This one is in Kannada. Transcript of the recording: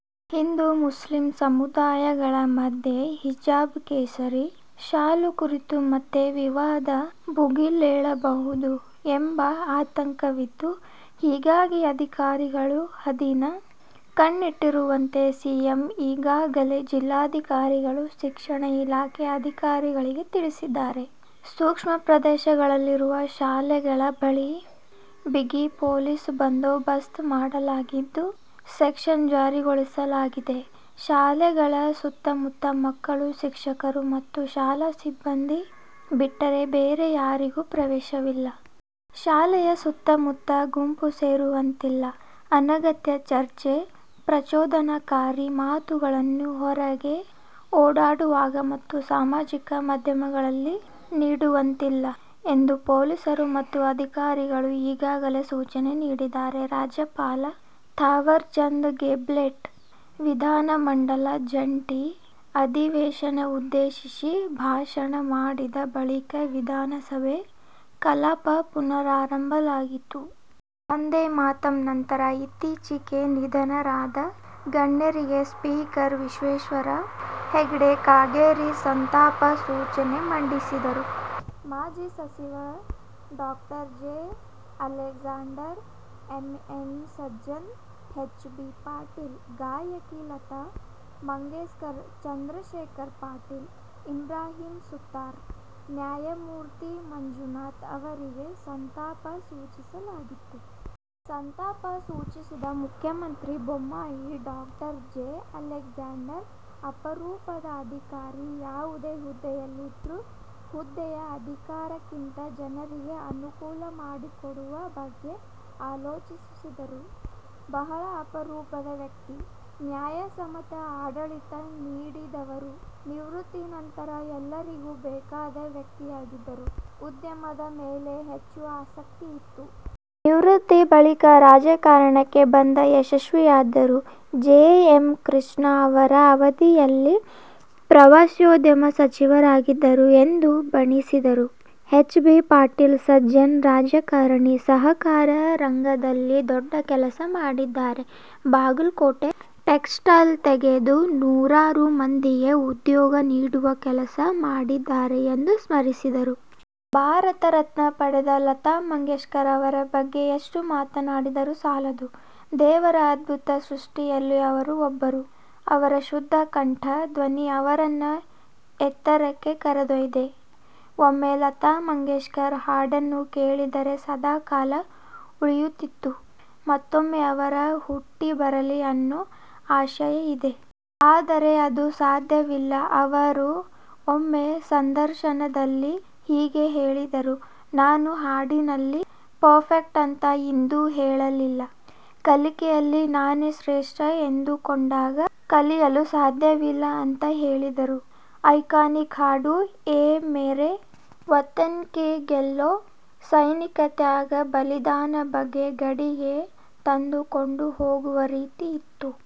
ಹಿಂದೂ-ಮುಸ್ಲಿಂ ಸಮುದಾಯಗಳ ಮಧ್ಯೆ ಹಿಜಾಬ್-ಕೇಸರಿ ಶಾಲು ಕುರಿತು ಮತ್ತೆ ವಿವಾದ ಭುಗಿಲೇಳಬಹುದು ಎಂಬ ಆತಂಕವಿದ್ದು ಹೀಗಾಗಿ ಅಧಿಕಾರಿಗಳು ಹದ್ದಿನ ಕಣ್ಣಿಟ್ಟಿರುವಂತೆ ಸಿಎಂ ಈಗಾಗಲೇ ಜಿಲ್ಲಾಧಿಕಾರಿಗಳು, ಶಿಕ್ಷಣ ಇಲಾಖೆ ಅಧಿಕಾರಿಗಳಿಗೆ ತಿಳಿಸಿದ್ದಾರೆ. ಸೂಕ್ಷ್ಮ ಪ್ರದೇಶಗಳಲ್ಲಿರುವ ಶಾಲೆಗಳ ಬಳಿ ಬಿಗಿ ಪೊಲೀಸ್ ಬಂದೋಬಸ್ತ್ ಮಾಡಲಾಗಿದ್ದು, ಸೆಕ್ಷನ್ ಜಾರಿಗೊಳಿಸಲಾಗಿದೆ. ಶಾಲೆಗಳ ಸುತ್ತಮುತ್ತ ಮಕ್ಕಳು, ಶಿಕ್ಷಕರು ಮತ್ತು ಶಾಲಾ ಸಿಬ್ಬಂದಿ ಬಿಟ್ಟರೆ ಬೇರೆ ಯಾರಿಗೂ ಪ್ರವೇಶವಿಲ್ಲ. ಶಾಲೆಯ ಸುತ್ತಮುತ್ತ ಗುಂಪು ಸೇರುವಂತಿಲ್ಲ. ಅನಗತ್ಯ ಚರ್ಚೆ, ಪ್ರಚೋದನಾಕಾರಿ ಮಾತುಗಳನ್ನು ಹೊರಗೆ ಓಡಾಡುವಾಗ ಮತ್ತು ಸಾಮಾಜಿಕ ಮಾಧ್ಯಮಗಳಲ್ಲಿ ನೀಡುವಂತಿಲ್ಲ ಎಂದು ಪೊಲೀಸರು ಮತ್ತು ಅಧಿಕಾರಿಗಳು ಈಗಾಗಲೇ ಸೂಚನೆ ನೀಡಿದ್ದಾರೆ. ರಾಜ್ಯಪಾಲ ಥಾವರ್ ಚಂದ್ ಗೆಹ್ಲೋಟ್ ವಿಧಾನಮಂಡಲ ಜಂಟಿ ಅಧಿವೇಶನ ಉದ್ದೇಶಿಸಿ ಭಾಷಣ ಮಾಡಿದ ಬಳಿಕ ವಿಧಾನಸಭೆ ಕಲಾಪ ಪುನರ್ ಆರಂಭಿಸಲಾಯಿತು. ವಂದೇ ಮಾತರಂ ನಂತರ ಇತ್ತೀಚೆಗೆ ನಿಧನರಾದ ಗಣ್ಯರಿಗೆ ಸ್ಪೀಕರ್ ವಿಶ್ವೇಶ್ವರ ಹೆಗಡೆ ಕಾಗೇರಿ ಸಂತಾಪ ಸೂಚನೆ ಮಂಡಿಸಿದರು. ಮಾಜಿ ಸಚಿವ ಡಾ. J. Alexander, M N Sajjan, H. B Patil, ಗಾಯಕಿ ಲತಾ ಮಂಗೇಶ್ಕರ್, ಚಂದ್ರಶೇಖರ್ ಪಾಟೀಲ್, ಇಬ್ರಾಹಿಂ ಸುತಾರ್, ನ್ಯಾಯಮೂರ್ತಿ ಮಂಜುನಾಥ್ ಅವರಿಗೆ ಸಂತಾಪ ಸೂಚಿಸಲಾಯಿತು. ಸಂತಾಪ ಸೂಚಿಸಿದ ಮುಖ್ಯಮಂತ್ರಿ ಬೊಮ್ಮಾಯಿ ಡಾ. ಜೆ ಅಲೆಗ್ಸಾಂಡರ್ ಅಪರೂಪದ ಅಧಿಕಾರಿ. ಯಾವುದೇ ಹುದ್ದೆಯಲ್ಲಿದ್ರೂ, ಹುದ್ದೆಯ ಅಧಿಕಾರಕ್ಕಿಂತ, ಜನರಿಗೆ ಅನುಕೂಲ ಮಾಡಿಕೊಡುವ ಬಗ್ಗೆ ಅಲೋಚಿಸುತ್ತಿದ್ದರು. ಬಹಳ ಅಪರೂಪದ ವ್ಯಕ್ತಿ. ನ್ಯಾಯಸಮ್ಮತ ಆಡಳಿತ ನೀಡಿದವರು. ನಿವೃತ್ತಿ ನಂತರ ಎಲ್ಲರಿಗೂ ಬೇಕಾದ ವ್ಯಕ್ತಿಯಾಗಿದ್ದರು. ಉದ್ಯಮದ ಮೇಲೆ ಹೆಚ್ಚು ಆಸಕ್ತಿ ಇತ್ತು. ನಿವೃತ್ತಿ ಬಳಿಕ ರಾಜಕಾರಣಕ್ಕೆ ಬಂದು ಯಶಸ್ವಿಯಾದರು. ಎಸ್. ಎಂ. ಕೃಷ್ಣಾ ಅವರ ಅವಧಿಯಲ್ಲಿ ಪ್ರವಾಸೋದ್ಯಮ ಸಚಿವರಾಗಿದ್ದರು ಎಂದು ಬಣ್ಣಿಸಿದರು. ಹೆಚ್. ಬಿ ಪಾಟೀಲ್ ಸಜ್ಜನ ರಾಜಕಾರಣಿ. ಸಹಕಾರಿ ರಂಗದಲ್ಲಿ ದೊಡ್ಡ ಕೆಲಸ ಮಾಡಿದ್ದಾರೆ. ಬಾಗಲಕೋಟೆ ಟೆಕ್ಸ್ಟೈಲ್ ತೆಗೆದು ನೂರಾರು ಮಂದಿಗೆ ಉದ್ಯೋಗ ನೀಡುವ ಕೆಲಸ ಮಾಡಿದ್ದಾರೆ ಎಂದು ಸ್ಮರಿಸಿದರು. ಭಾರತ ರತ್ನ ಪಡೆದ ಲತಾ ಮಂಗೇಶ್ಕರ್ ಅವರ ಬಗ್ಗೆ ಎಷ್ಟು ಮಾತನಾಡಿದರು ಸಾಲದು. ದೇವರ ಅದ್ಭುತ ಸೃಷ್ಟಿಯಲ್ಲಿ ಅವರು ಒಬ್ಬರು. ಅವರ ಶುದ್ಧ ಕಂಠ, ಧ್ವನಿ ಅವರನ್ನ ಎತ್ತರಕ್ಕೆ ಕರೆದೊಯ್ದಿದೆ. ಒಮ್ಮೆ, ಲತಾ ಮಂಗೇಶ್ಕರ್ ಹಾಡನ್ನು ಕೇಳಿದರೆ ಸದಾಕಾಲ ಉಳಿಯುತ್ತಿತ್ತು. ಮತ್ತೊಮ್ಮೆ ಅವರು ಹುಟ್ಟಿಬರಲಿ ಅನ್ನೋ ಆಶಯ ಇದೆ. ಆದರೆ, ಅದು ಸಾಧ್ಯವಿಲ್ಲ. ಅವರು ಒಮ್ಮೆ, ಸಂದರ್ಶನದಲ್ಲಿ ಹೀಗೆ ಹೇಳಿದ್ದರು, ನಾನು ಹಾಡಿನಲ್ಲಿ ಪರ್ಫೆಕ್ಟ್ ಅಂತ ಎಂದೂ ಹೇಳಲಿಲ್ಲ. ಕಲಿಕೆಯಲ್ಲಿ ನಾನೇ ಶ್ರೇಷ್ಠ ಎಂದುಕೊಂಡಾಗ, ಕಲಿಯಲು ಸಾಧ್ಯವಿಲ್ಲ ಅಂತ ಹೇಳಿದ್ದರು. ಐಕಾನಿಕ್ ಹಾಡು ಎ ಮೇರೆ ವತನ್ಕಿ ಲೋಗೋ.. ಸೈನಿಕರ ತ್ಯಾಗ ಬಲಿದಾನ ಬಗ್ಗೆ ಗಡಿಗೆ ತೆಗೆದುಕೊಂಡು ಹೋಗುವ ರೀತಿ ಇತ್ತು.